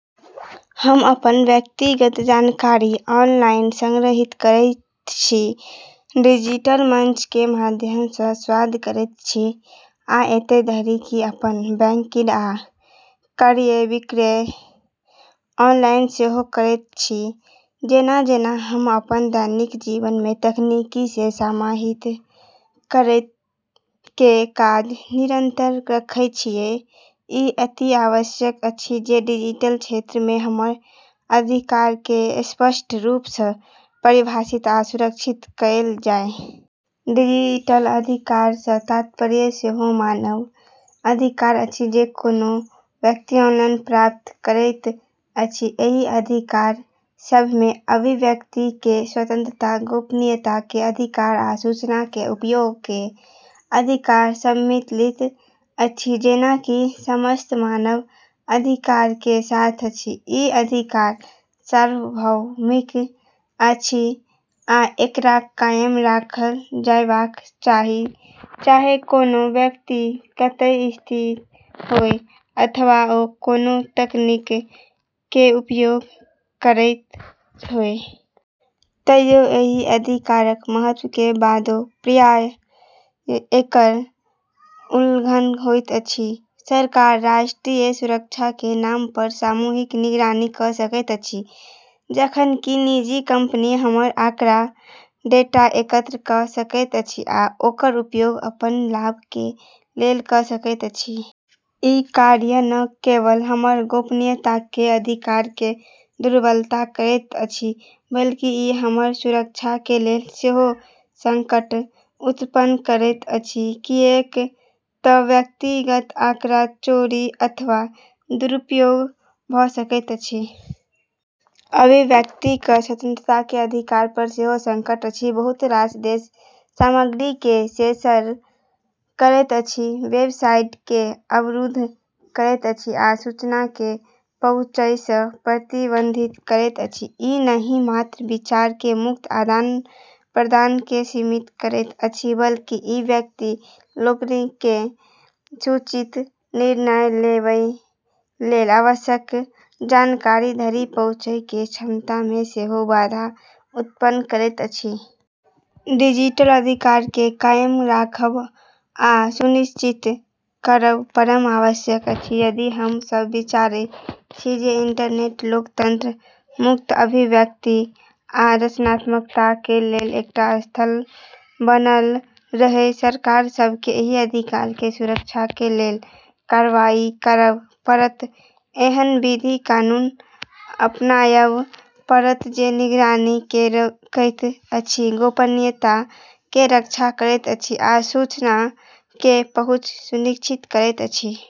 हम अपन व्यक्तिगत जानकारी ऑनलाइन संगृहीत करैत छी, डिजिटल मंच के माध्यम सँ संवाद करैत छी, आ एतय धरि कि अपन बैंकिङ आ क्रय-विक्रय ऑनलाइन सेहो करैत छी। जेना-जेना हम अपन दैनिक जीवन में तकनीक केँ समाहित करै के काज निरंतर रखै छियै, ई अति आवश्यक अछि जे डिजिटल क्षेत्र में हमर अधिकार केँ स्पष्ट रूप सँ परिभाषित आ सुरक्षित कएल जाय। डिजिटल अधिकार सँ तात्पर्य सेओ मानव अधिकार अछि जे कोनो व्यक्ति ऑनलाइन प्राप्त करैत अछि। एहि अधिकार सभमे अभिव्यक्ति के स्वतंत्रता, गोपनीयता के अधिकार, आ सूचना के उपयोग के अधिकार सम्मिलित अछि। जेना कि समस्त मानव अधिकार के साथ अछि, ई अधिकार सार्वभौमिक अछि आ एकरा कायम राखल जयबाक चाही, चाहे कोनो व्यक्ति कतय स्थित होय अथवा ओ कोनो तकनीक के उपयोग करैत होय। तैयो एहि अधिकारक महत्त्व के बादो प्रायः एकर उल्लंघन होइत अछि। सरकार राष्ट्रीय सुरक्षा के नाम पर सामूहिक निगरानी कऽ सकैत अछि, जखन कि निजी कंपनी हमर आँकड़ा (डेटा) एकत्र कऽ सकैत अछि आ ओकर उपयोग अपन लाभ के लेल कऽ सकैत अछि। ई कार्य न केवल हमर गोपनीयता के अधिकार केँ दुर्बल करैत अछि, बल्कि ई हमर सुरक्षा के लेल सेहो संकट उत्पन्न करैत अछि, किएक तँ व्यक्तिगत आँकड़ा चोरी अथवा दुरुपयोग भऽ सकैत अछि। अभिव्यक्तिक स्वतंत्रताके अधिकार पर सेहो संकट अछि। बहुत रास देश सामग्रीकेँ सेंसर करैत अछि, वेबसाइट केँ अवरुद्ध करैत अछि आ सूचनाकेँ पहुँचयसँ प्रतिबंधित करैत अछि। ई नहि मात्र विचार के मुक्त आदान-प्रदानकेँ सीमित करैत अछि, बल्कि ई व्यक्ति लोकनिकें सूचित निर्णय लेबय लेल आवश्यक जानकारी धरि पहुँचै के क्षमता में सेहो बाधा उत्पन्न करैत अछि। डिजिटल अधिकार केँ कायम राखब आ सुनिश्चित करब परम आवश्यक अछि, यदि हम सब विचारै छी जे इंटरनेट लोकतंत्र, मुक्त अभिव्यक्ति, आ रचनात्मकता के लेल एकटा स्थल बनल रहय। सरकार सभ केँ एहि अधिकार के सुरक्षा के लेल कार्रवाई करब पड़त, एहन विधि (कानून) अपनाबय पड़त जें निगरानी केँ रोकैत अछि, गोपनीयता के रक्षा करैत अछि, आ सूचना के पहुँच सुनिश्चित करैत अछि।